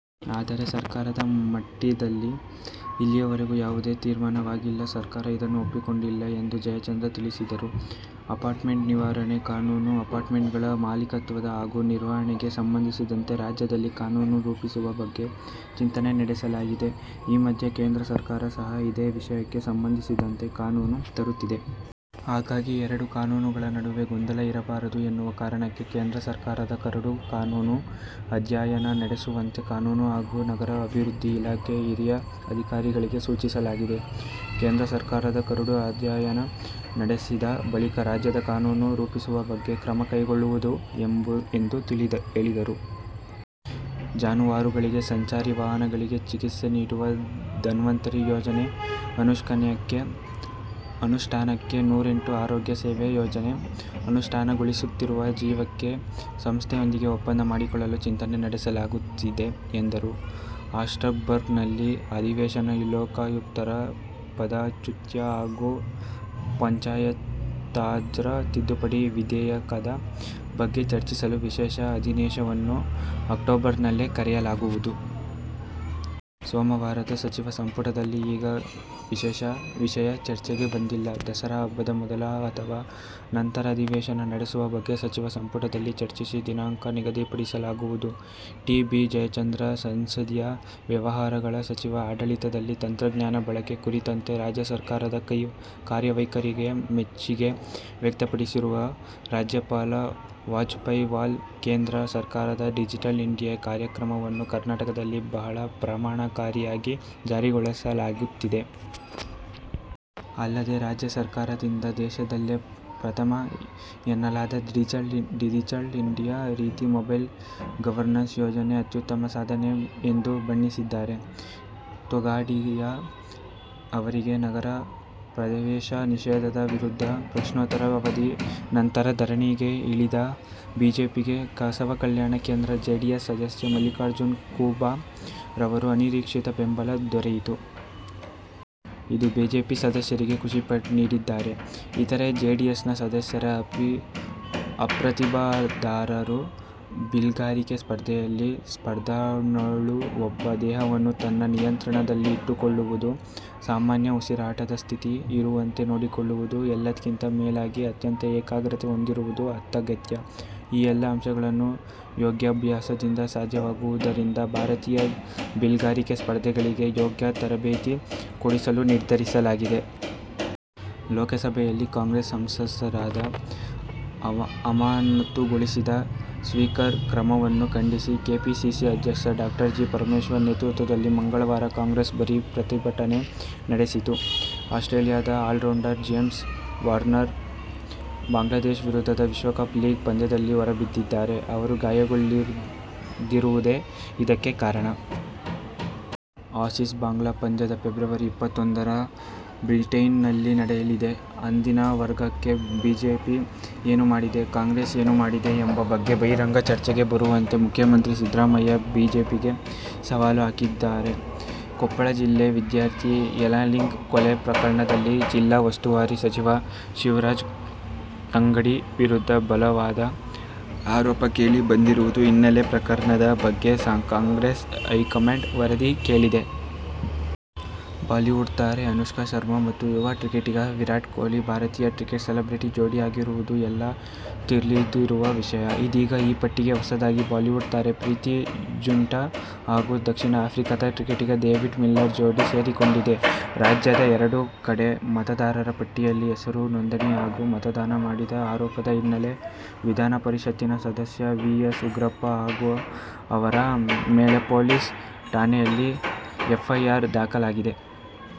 ಆದರೆ, ಸರ್ಕಾರದ ಮಟ್ಟದಲ್ಲಿ ಇಲ್ಲಿವರೆಗೆ ಯಾವುದೇ ತೀರ್ಮಾನವಾಗಿಲ್ಲ. ಸರ್ಕಾರ ಇದನ್ನು ಒಪ್ಪಿಕೊಂಡಿಲ್ಲ ಎಂದು ಜಯಚಂದ್ರ ತಿಳಿಸಿದರು. ಅಪಾರ್ಟ್ಮೆಂಟ್ ನಿರ್ವಹಣೆ ಕಾನೂನು:ಅಪಾರ್ಟ್ಮೆಂಟ್ಗಳ ಮಾಲೀಕತ್ವ ಹಾಗೂ ನಿರ್ವಹಣೆಗೆ ಸಂಬಂಧಿಸಿದಂತೆ ರಾಜ್ಯದಲ್ಲಿ ಕಾನೂನು ರೂಪಿಸುವ ಬಗ್ಗೆ ಚಿಂತನೆ ನಡೆಸಲಾಗಿದೆ. ಈ ಮಧ್ಯೆ ಕೇಂದ್ರ ಸರ್ಕಾರ ಸಹ ಇದೇ ವಿಷಯಕ್ಕೆ ಸಂಬಂಧಿಸಿದಂತೆ ಕಾನೂನು ತರುತ್ತಿದೆ. ಹಾಗಾಗಿ ಎರಡೂ ಕಾನೂನುಗಳ ನಡುವೆ ಗೊಂದಲ ಇರಬಾರದು ಎನ್ನುವ ಕಾರಣಕ್ಕೆ ಕೇಂದ್ರ ಸರ್ಕಾರದ ಕರಡು ಕಾನೂನು ಅಧ್ಯಯನ ನಡೆಸುವಂತೆ ಕಾನೂನು ಹಾಗೂ ನಗರಾಭಿವೃದ್ಧಿ ಇಲಾಖೆ ಹಿರಿಯ ಅಧಿಕಾರಿಗಳಿಗೆ ಸೂಚಿಸಲಾಗಿದೆ. ಕೇಂದ್ರ ಸರ್ಕಾರದ ಕರಡು ಅಧ್ಯಯನ ನಡೆಸಿದ ಬಳಿಕ ರಾಜ್ಯದ ಕಾನೂನು ರೂಪಿಸುವ ಬಗ್ಗೆ ಕ್ರಮ ಕೈಗೊಳ್ಳಲಾಗುವುದು ಎಂದು ಹೇಳಿದರು. ಜಾನುವಾರುಗಳಿಗೆ ಸಂಚಾರಿ ವಾಹನಗಳಲ್ಲಿ ಚಿಕಿತ್ಸೆ ನೀಡುವ "ಧನ್ವಂತರಿ' ಯೋಜನೆ ಅನುಷ್ಠಾನಕ್ಕೆ ನೂರ ಎಂಟು ಆರೋಗ್ಯ ಸೇವೆ ಯೋಜನೆ ಅನುಷ್ಠಾನಗೊಳಿಸುತ್ತಿರುವ ಜಿವಿಕೆ ಸಂಸ್ಥೆಯೊಂದಿಗೆ ಒಪ್ಪಂದ ಮಾಡಿಕೊಳ್ಳಲು ಚಿಂತನೆ ನಡೆಸಲಾಗುತ್ತಿದೆ ಎಂದರು. ಅಕ್ಟೋಬರ್ನಲ್ಲೇ ಅಧಿವೇಶನಲೋಕಾಯುಕ್ತರ ಪದಚ್ಯುತಿ ಹಾಗೂ ಪಂಚಾಯತ್ರಾಜ್ ತಿದ್ದುಪಡಿ ವಿಧೇಯಕದ ಬಗ್ಗೆ ಚರ್ಚಿಸಲು ವಿಶೇಷ ಅಧಿವೇಶನವನ್ನು ಅಕ್ಟೋಬರ್ನಲ್ಲೇ ಕರೆಯಲಾಗುವುದು. ಸೋಮವಾರದ ಸಚಿವ ಸಂಪುಟದಲ್ಲಿ ಈ ವಿಷಯ ಚರ್ಚೆಗೆ ಬಂದಿಲ್ಲ. ದಸರಾ ಹಬ್ಬದ ಮೊದಲು ಅಥವಾ ನಂತರ ಅಧಿವೇಶನ ನಡೆಸುವ ಬಗ್ಗೆ ಸಚಿವ ಸಂಪುಟದಲ್ಲಿ ಚರ್ಚಿಸಿ ದಿನಾಂಕ ನಿಗದಿಪಡಿಸಲಾಗುವುದು. ಟಿ. ಬಿ. ಜಯಚಂದ್ರ, ಸಂಸದೀಯ ವ್ಯವಹಾರಗಳ ಸಚಿವ ಆಡಳಿತದಲ್ಲಿ ತಂತ್ರಜ್ಞಾನ ಬಳಕೆ ಕುರಿತಂತೆ ರಾಜ್ಯ ಸರಕಾರದ ಕಾರ್ಯವೈಖರಿಗೆ ಮೆಚ್ಚುಗೆ ವ್ಯಕ್ತಪಡಿಸಿರುವ ರಾಜ್ಯಪಾಲ ವಜುಭಾಯಿ ವಾಲಾ, ಕೇಂದ್ರ ಸರಕಾರದ ಡಿಜಿಟಲ್ ಇಂಡಿಯಾ' ಕಾರ್ಯಕ್ರಮವನ್ನು ಕರ್ನಾಟಕದಲ್ಲಿ ಬಹಳ ಪರಿಣಾಮಕಾರಿಯಾಗಿ ಜಾರಿಗೊಳಿಸಲಾಗುತ್ತಿದೆ. ಅಲ್ಲದೆ, ರಾಜ್ಯ ಸರಕಾರದಿಂದ ದೇಶದಲ್ಲೇ ಪ್ರಥಮ ಎನ್ನಲಾದ ಡಿಜಿಟಲ್ ಇಂಡಿಯಾ ರೀತಿಯ ಮೊಬೈಲ್ ಗವರ್ನನ್ಸ್' ಯೋಜನೆ ಅತ್ಯುತ್ತಮ ಸಾಧನೆ ಎಂದು ಬಣ್ಣಿಸಿದ್ದಾರೆ. ತೊಗಾಡಿಯಾ ಅವರಿಗೆ ನಗರ ಪ್ರವೇಶ ನಿಷೇಧದ ವಿರುದ್ಧ ಪ್ರಶ್ನೋತ್ತರ ಅವಧಿ ನಂತರ ಧರಣಿಗೆ ಇಳಿದ ಬಿಜೆಪಿಗೆ ಬಸವಕಲ್ಯಾಣ ಕ್ಷೇತ್ರದ ಜೆಡಿಎಸ್ ಸದಸ್ಯ ಮಲ್ಲಿಕಾರ್ಜುನ ಖೂಬಾ ಅವರ ಅನಿರೀಕ್ಷಿತ ಬೆಂಬಲ ದೊರೆಯಿತು. ಇದು ಬಿಜೆಪಿ ಸದಸ್ಯರಿಗೆ ಖುಷಿ ನೀಡಿದರೆ, ಇತರೆ, ಜೆಡಿಎಸ್ನ ಸದಸ್ಯರು ಅಪ್ರತಿಭರಾದರು. ಬಿಲ್ಗಾರಿಕೆ ಸ್ಪರ್ಧೆಯಲ್ಲಿ ಸ್ಪರ್ಧಾಳುವೊಬ್ಬ ದೇಹವನ್ನು ತನ್ನ ನಿಯಂತ್ರಣದಲ್ಲಿ ಇಟ್ಟುಕೊಳ್ಳುವುದು, ಸಾಮಾನ್ಯ ಉಸಿರಾಟದ ಸ್ಥಿತಿಯಲ್ಲಿ ಇರುವಂತೆ ನೋಡಿಕೊಳ್ಳುವುದು ಎಲ್ಲದಕ್ಕಿಂತ ಮೇಲಾಗಿ ಅತ್ಯಂತ ಏಕಾಗ್ರತೆ ಹೊಂದಿರುವುದು ಅತ್ಯಗತ್ಯ. ಈ ಎಲ್ಲಾ ಅಂಶಗಳು ಯೋಗಾಭ್ಯಾಸದಿಂದ ಸಾಧ್ಯವಾಗುವುದರಿಂದ, ಭಾರತೀಯ ಬಿಲ್ಗಾರಿಕೆ ಸ್ಪರ್ಧಾಗಳುಗಳಿಗೆ ಯೋಗ ತರಬೇತಿ ಕೊಡಿಸಲು ನಿರ್ಧರಿಸಲಾಗಿದೆ. ಲೋಕಸಭೆಯಲ್ಲಿ ಕಾಂಗ್ರೆಸ್ ಸಂಸದರನ್ನು ಅಮಾನತು ಗೊಳಿಸಿದ ಸ್ಪೀಕರ್ ಕ್ರಮವನ್ನು ಖಂಡಿಸಿ ಕೆಪಿಸಿಸಿ ಅಧ್ಯಕ್ಷ ಡಾ. ಜಿ. ಪರಮೇಶ್ವರ್ ನೇತೃತ್ವದಲ್ಲಿ ಮಂಗಳವಾರ ಕಾಂಗ್ರೆಸ್ ಭಾರಿ ಪ್ರತಿಭಟನೆ ನಡೆಸಿತು. ಆಸ್ಟ್ರೇಲಿಯದ ಆಲ್ರೌಂಡರ್ ಜೇಮ್ಸ್ ಫಾಕ್ನರ್ ಬಾಂಗ್ಲಾದೇಶ ವಿರುದ್ಧದ ವಿಶ್ವಕಪ್ ಲೀಗ್ ಪಂದ್ಯದಿಂದ ಹೊರಬಿದ್ದಿದ್ದಾರೆ. ಅವರು ಗಾಯಾಳಾಗಿರುವುದೇ ಇದಕ್ಕೆ ಕಾರಣ. ಆಸೀಸ್-ಬಾಂಗ್ಲಾ ಪಂದ್ಯ ಫೆಬ್ರವರಿ ಇಪ್ಪತ್ತೊಂದರಂದು ಬ್ರಿಸ್ಬೇನ್ನಲ್ಲಿ ನಡೆಯಲಿದೆ. ಅಹಿಂದ ವರ್ಗಕ್ಕೆ ಬಿಜೆಪಿ ಏನು ಮಾಡಿದೆ, ಕಾಂಗ್ರೆಸ್ ಏನು ಮಾಡಿದೆ ಎಂಬ ಬಗ್ಗೆ ಬಹಿರಂಗ ಚರ್ಚೆಗೆ ಬರುವಂತೆ ಮುಖ್ಯಮಂತ್ರಿ ಸಿದ್ದರಾಮಯ್ಯ ಗೆ ಬಿಜೆಪಿ ಸವಾಲು ಹಾಕಿದೆ. ಕೊಪ್ಪಳ ಜಿಲ್ಲೆಯ ವಿದ್ಯಾರ್ಥಿ ಯಲ್ಲಾಲಿಂಗನ ಕೊಲೆ ಪ್ರಕರಣದಲ್ಲಿ ಜಿಲ್ಲಾ ಉಸ್ತುವಾರಿ ಸಚಿವ ಶಿವರಾಜ್ ತಂಗಡಗಿ ವಿರುದ್ಧ ಬಲ ವಾದ ಆರೋಪ ಕೇಳಿ ಬಂದಿರುವ ಹಿನ್ನೆಲೆಯಲ್ಲಿ ಪ್ರಕರಣದ ಬಗ್ಗೆ ಕಾಂಗ್ರೆಸ್ ಹೈಕಮಾಂಡ್ ವರದಿ ಕೇಳಿದೆ. ಬಾಲಿವುಡ್ ತಾರೆ ಅನುಷ್ಕಾ ಶರ್ಮಾ ಮತ್ತು ಯುವ ಕ್ರಿಕೆಟಿಗ ವಿರಾಟ್ ಕೊಹ್ಲಿ ಭಾರತೀಯ ಕ್ರಿಕೆಟ್ ಸೆಲೆಬ್ರಿಟಿ ಜೋಡಿಯಾಗಿರುವುದು ಎಲ್ಲರಿಗೂ ತಿಳಿದಿರುವ ವಿಷಯ. ಇದೀಗ ಈ ಪಟ್ಟಿಗೆ ಹೊಸದಾಗಿ ಬಾಲಿವುಡ್ ತಾರೆ ಪ್ರೀತಿ ಝಿಂಟಾ ಮತ್ತು ದಕ್ಷಿಣ ಆಫ್ರಿಕ ಕ್ರಿಕೆಟಿಗ ಡೇವಿಡ್ ಮಿಲ್ಲರ್ ಜೋಡಿ ಸೇರಿಕೊಂಡಿದೆಯೇ. ರಾಜ್ಯದಲ್ಲಿ ಎರಡು ಕಡೆ ಮತದಾರರ ಪಟ್ಟಿಯಲ್ಲಿ ಹೆಸರು ನೋಂದಣಿ ಹಾಗೂ ಮತದಾನ ಮಾಡಿದ ಆರೋಪದ ಹಿನ್ನೆಲೆಯಲ್ಲಿ ವಿಧಾನಪರಿಷತ್ ಸದಸ್ಯ ವಿ. ಎಸ್. ಉಗ್ರಪ್ಪ ಅವರ ಮೇಲೆ ಪೊಲೀಸ್ ಠಾಣೆಯಲ್ಲಿ ಎಫ್ಐಆರ್ ದಾಖಲಾಗಿದೆ.